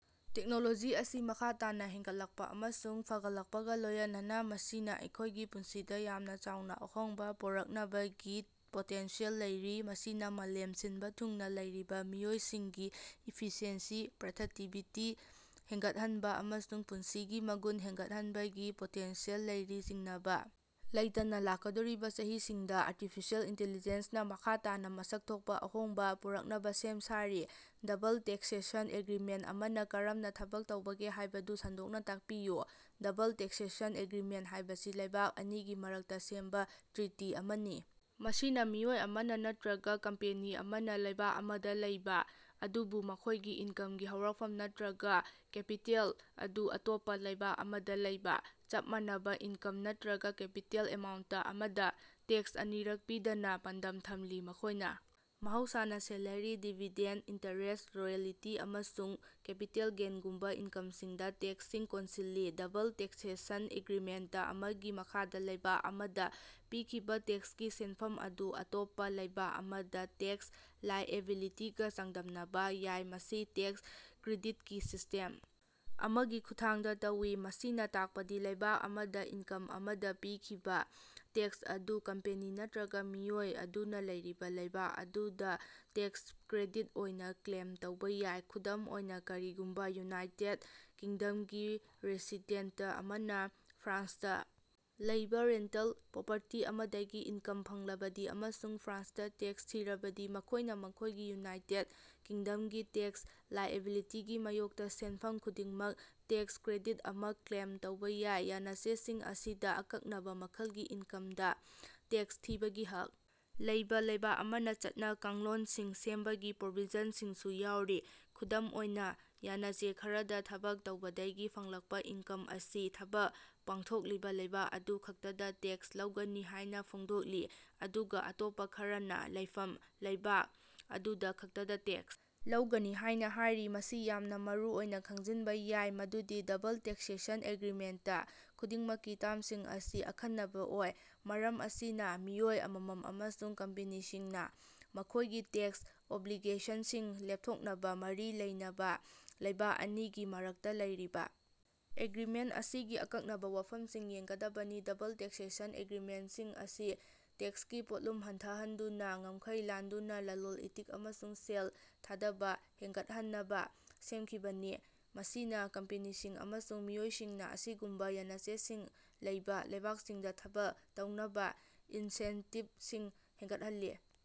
Technology ꯑꯁꯤ ꯃꯈꯥ ꯇꯥꯅ ꯍꯦꯟꯒꯠꯂꯛꯄ ꯑꯃꯁꯨꯡ ꯐꯒꯠꯂꯛꯄꯒ ꯂꯣꯌꯅꯅ ꯃꯁꯤꯅ ꯑꯩꯈꯣꯏꯒꯤ ꯄꯨꯟꯁꯤꯗ ꯌꯥꯝꯅ ꯆꯥꯎꯅ ꯑꯍꯣꯡꯕ ꯄꯨꯔꯛꯅꯕꯒꯤ ꯄꯣꯇꯦꯟꯁꯤꯌꯦꯜ ꯂꯩꯔꯤ꯫ ꯃꯁꯤꯅ ꯃꯥꯂꯦꯝ ꯁꯤꯟꯕ ꯊꯨꯡꯅ ꯂꯩꯔꯤꯕ ꯃꯤꯑꯣꯏꯁꯤꯡꯒꯤ ꯏꯐꯤꯁꯤꯑꯦꯟꯁꯤ, ꯄ꯭ꯔꯗꯛꯇꯤꯚꯤꯇꯤ ꯍꯦꯟꯒꯠꯍꯟꯕ ꯑꯃꯁꯨꯡ ꯄꯨꯟꯁꯤꯒꯤ ꯃꯒꯨꯟ ꯍꯦꯟꯒꯠꯍꯟꯕꯒꯤ ꯄꯣꯇꯦꯟꯁꯤꯌꯦꯜ ꯂꯩꯔꯤ꯫ ꯆꯤꯡꯅꯕ ꯂꯩꯇꯅ, ꯂꯥꯛꯀꯗꯧꯔꯤꯕ ꯆꯍꯤꯁꯤꯡꯗ ꯑꯥꯔꯇꯤꯐꯤꯁꯤꯌꯦꯜ ꯏꯟꯇꯦꯂꯤꯖꯦꯟꯁꯅ ꯃꯈꯥ ꯇꯥꯅ ꯃꯁꯛ ꯊꯣꯛꯄ ꯑꯍꯣꯡꯕ ꯄꯨꯔꯛꯅꯕ ꯁꯦꯝ ꯁꯥꯔꯤ꯫ ꯗꯕꯜ ꯇꯦꯛꯁꯦꯁꯟ ꯑꯦꯒ꯭ꯔꯤꯃꯦꯟꯇ ꯑꯃꯅ ꯀꯔꯝꯅ ꯊꯕꯛ ꯇꯧꯕꯒꯦ ꯍꯥꯏꯕꯗꯨ ꯁꯟꯗꯣꯛꯅ ꯇꯥꯛꯄꯤꯌꯨ꯫ ꯗꯕꯜ ꯇꯦꯛꯁꯦꯁꯟ ꯑꯦꯒ꯭ꯔꯤꯃꯦꯟꯇ ꯍꯥꯏꯕꯁꯤ ꯂꯩꯕꯥꯛ ꯑꯅꯤꯒꯤ ꯃꯔꯛꯇ ꯁꯦꯝꯕ ꯇ꯭ꯔꯤꯇꯤ ꯑꯃꯅꯤ꯫ ꯃꯁꯤꯅ ꯃꯤꯑꯣꯏ ꯑꯃꯅ ꯅꯠꯇ꯭ꯔꯒ ꯀꯝꯄꯦꯅꯤ ꯑꯃꯅ ꯂꯩꯕꯥꯛ ꯑꯃꯗ ꯂꯩꯕ ꯑꯗꯨꯕꯨ ꯃꯈꯣꯏꯒꯤ ꯏꯟꯀꯝꯒꯤ ꯍꯧꯔꯛꯐꯝ ꯅꯠꯇ꯭ꯔꯒ ꯀꯦꯄꯤꯇꯦꯜ ꯑꯗꯨ ꯑꯇꯣꯞꯄ ꯂꯩꯕꯥꯛ ꯑꯃꯗ ꯂꯩꯕ, ꯆꯞ ꯃꯥꯟꯅꯕ ꯏꯟꯀꯝ ꯅꯠꯇ꯭ꯔꯒ ꯀꯦꯄꯤꯇꯦꯜ ꯑꯦꯃꯥꯎꯟꯇ ꯑꯃꯗ ꯇꯦꯛꯁ ꯑꯅꯤꯔꯛ ꯄꯤꯗꯅꯕ ꯄꯥꯟꯗꯝ ꯊꯝꯂꯤ꯫ ꯃꯈꯣꯏꯅ ꯃꯍꯧꯁꯥꯅ ꯁꯦꯂꯔꯤ, ꯗꯤꯕꯤꯗꯦꯟꯗ, ꯏꯟꯇꯔꯦꯁꯠ, ꯔꯣꯌꯦꯜꯇꯤ, ꯑꯃꯁꯨꯡ ꯀꯦꯄꯤꯇꯦꯜ ꯒꯦꯟꯒꯨꯝꯕ ꯏꯟꯀꯝꯁꯤꯡꯗ ꯇꯦꯛꯁꯁꯤꯡ ꯀꯣꯟꯁꯤꯜꯂꯤ꯫ ꯗꯕꯜ ꯇꯦꯛꯁꯦꯁꯟ ꯑꯦꯒ꯭ꯔꯤꯃꯦꯟꯇ ꯑꯃꯒꯤ ꯃꯈꯥꯗ ꯂꯩꯕꯥꯛ ꯑꯃꯗ ꯄꯤꯈꯤꯕ ꯇꯦꯛꯁꯀꯤ ꯁꯦꯟꯐꯝ ꯑꯗꯨ ꯑꯇꯣꯞꯄ ꯂꯩꯕꯥꯛ ꯑꯃꯗ ꯇꯦꯛꯁ ꯂꯥꯏꯑꯦꯕꯤꯂꯤꯇꯤꯒ ꯆꯥꯡꯗꯝꯅꯕ ꯌꯥꯏ꯫ ꯃꯁꯤ ꯇꯦꯛꯁ ꯀ꯭ꯔꯦꯗꯤꯠꯀꯤ ꯁꯤꯁꯇꯦꯝ ꯑꯃꯒꯤ ꯈꯨꯠꯊꯥꯡꯗ ꯇꯧꯏ꯫ ꯃꯁꯤꯅ ꯇꯥꯛꯄꯗꯤ ꯂꯩꯕꯥꯛ ꯑꯃꯗ ꯏꯟꯀꯝ ꯑꯃꯗ ꯄꯤꯈꯤꯕ ꯇꯦꯛꯁ ꯑꯗꯨ ꯀꯝꯄꯦꯅꯤ ꯅꯠꯇ꯭ꯔꯒ ꯃꯤꯑꯣꯏ ꯑꯗꯨꯅ ꯂꯩꯔꯤꯕ ꯂꯩꯕꯥꯛ ꯑꯗꯨꯗ ꯇꯦꯛꯁ ꯀ꯭ꯔꯦꯗꯤꯠ ꯑꯣꯏꯅ ꯀ꯭ꯂꯦꯝ ꯇꯧꯕ ꯌꯥꯏ꯫ ꯈꯨꯗꯝ ꯑꯣꯏꯅ, ꯀꯔꯤꯒꯨꯝꯕ ꯌꯨꯅꯥꯏꯇꯦꯗ ꯀꯤꯡꯗꯝꯒꯤ ꯔꯦꯁꯤꯗꯦꯟꯇ ꯑꯃꯅ ꯐ꯭ꯔꯥꯟꯁꯇ ꯂꯩꯕ ꯔꯦꯟꯇꯜ ꯄ꯭ꯔꯣꯄꯔꯇꯤ ꯑꯃꯗꯒꯤ ꯏꯟꯀꯝ ꯐꯪꯂꯕꯗꯤ ꯑꯃꯁꯨꯡ ꯐ꯭ꯔꯥꯟꯁꯇ ꯇꯦꯛꯁ ꯊꯤꯔꯕꯗꯤ ꯃꯈꯣꯏꯅ ꯃꯈꯣꯏꯒꯤ ꯌꯨꯅꯥꯏꯇꯦꯗ ꯀꯤꯡꯗꯝꯒꯤ ꯇꯦꯛꯁ ꯂꯥꯏꯑꯦꯕꯤꯂꯤꯇꯤꯒꯤ ꯃꯥꯌꯣꯛꯇ ꯁꯦꯟꯐꯝ ꯑꯗꯨꯒꯤꯗꯃꯛ ꯇꯦꯛꯁ ꯀ꯭ꯔꯦꯗꯤꯠ ꯑꯃ ꯀ꯭ꯂꯦꯝ ꯇꯧꯕ ꯌꯥꯏ꯫ ꯌꯥꯅꯆꯦꯁꯤꯡ ꯑꯁꯤꯗ ꯑꯀꯛꯅꯕ ꯃꯈꯜꯒꯤ ꯏꯟꯀꯝꯗ ꯇꯦꯛꯁ ꯊꯤꯕꯒꯤ ꯍꯛ ꯂꯩꯕ ꯂꯩꯕꯥꯛ ꯑꯃꯅ ꯆꯠꯅ-ꯀꯥꯡꯂꯣꯟꯁꯤꯡ ꯁꯦꯝꯕꯒꯤ ꯄ꯭ꯔꯣꯕꯤꯖꯟꯁꯤꯡꯁꯨ ꯌꯥꯎꯔꯤ꯫ ꯈꯨꯗꯝ ꯑꯣꯏꯅ, ꯌꯥꯅꯆꯦ ꯈꯔꯗ ꯊꯕꯛ ꯇꯧꯕꯗꯒꯤ ꯐꯪꯂꯛꯄ ꯏꯟꯀꯝ ꯑꯁꯤ ꯊꯕꯛ ꯄꯥꯡꯊꯣꯛꯂꯤꯕ ꯂꯩꯕꯥꯛ ꯑꯗꯨ ꯈꯛꯇꯗ ꯇꯦꯛꯁ ꯂꯧꯒꯅꯤ ꯍꯥꯏꯅ ꯐꯣꯡꯗꯣꯛꯂꯤ ꯑꯗꯨꯒ ꯑꯇꯣꯞꯄ ꯈꯔꯅ ꯂꯩꯐꯝ ꯂꯩꯕꯥꯛ ꯑꯗꯨꯗ ꯈꯛꯇꯗ ꯇꯦꯛꯁ ꯂꯧꯒꯅꯤ ꯍꯥꯏꯅ ꯍꯥꯏꯔꯤ꯫ ꯃꯁꯤ ꯌꯥꯝꯅ ꯃꯔꯨꯑꯣꯏꯅ ꯈꯪꯖꯤꯟꯕ ꯌꯥꯏ ꯃꯗꯨꯗꯤ ꯗꯕꯜ ꯇꯦꯛꯁꯦꯁꯟ ꯑꯦꯒ꯭ꯔꯤꯃꯦꯟꯇ ꯈꯨꯗꯤꯡꯃꯛꯀꯤ ꯇꯔꯝꯁꯤꯝꯡ ꯑꯁꯤ ꯑꯈꯟꯅꯕ ꯑꯣꯏ꯫ ꯃꯔꯝ ꯑꯁꯤꯅ ꯃꯤꯑꯣꯏ ꯑꯃꯃꯝ ꯑꯃꯁꯨꯡ ꯀꯝꯄꯦꯅꯤꯁꯤꯡꯅ ꯃꯈꯣꯏꯒꯤ ꯇꯦꯛꯁ ꯑꯣꯕ꯭ꯂꯤꯒꯦꯁꯟꯁꯤꯡ ꯂꯦꯞꯊꯣꯛꯅꯕ ꯃꯔꯤ ꯂꯩꯅꯕ ꯂꯩꯕꯥꯛ ꯑꯅꯤꯒꯤ ꯃꯔꯛꯇ ꯂꯩꯔꯤꯕ ꯑꯦꯒ꯭ꯔꯤꯃꯦꯟꯇ ꯑꯁꯤꯒꯤ ꯑꯀꯛꯅꯕ ꯋꯥꯐꯝꯁꯤꯡ ꯌꯦꯡꯒꯗꯕꯅꯤ꯫ ꯗꯕꯜ ꯇꯦꯛꯁꯦꯁꯟ ꯑꯦꯒ꯭ꯔꯤꯃꯦꯟꯇꯁꯤꯡ ꯑꯁꯤ ꯇꯦꯛꯁꯀꯤ ꯄꯣꯠꯂꯨꯝ ꯍꯟꯊꯍꯟꯗꯨꯅ ꯉꯝꯈꯩ ꯂꯥꯟꯗꯨꯅ ꯂꯂꯣꯟ-ꯏꯇꯤꯛ ꯑꯃꯁꯨꯡ ꯁꯦꯜ ꯊꯥꯙꯕ ꯍꯦꯟꯒꯠꯍꯟꯅꯕ ꯁꯦꯝꯈꯤꯕꯅꯤ꯫ ꯃꯁꯤꯅ ꯀꯝꯄꯦꯅꯤꯁꯤꯡ ꯑꯃꯁꯨꯡ ꯃꯤꯑꯣꯏꯁꯤꯡꯅ ꯑꯁꯤꯒꯨꯝꯕ ꯌꯥꯅꯆꯦꯁꯤꯡ ꯂꯩꯕ ꯂꯩꯕꯥꯛꯁꯤꯡꯗ ꯊꯕꯛ ꯇꯧꯅꯕ ꯏꯟꯁꯦꯟꯇꯤꯚꯁꯤꯡ ꯍꯦꯟꯒꯠꯍꯜꯂꯤ꯫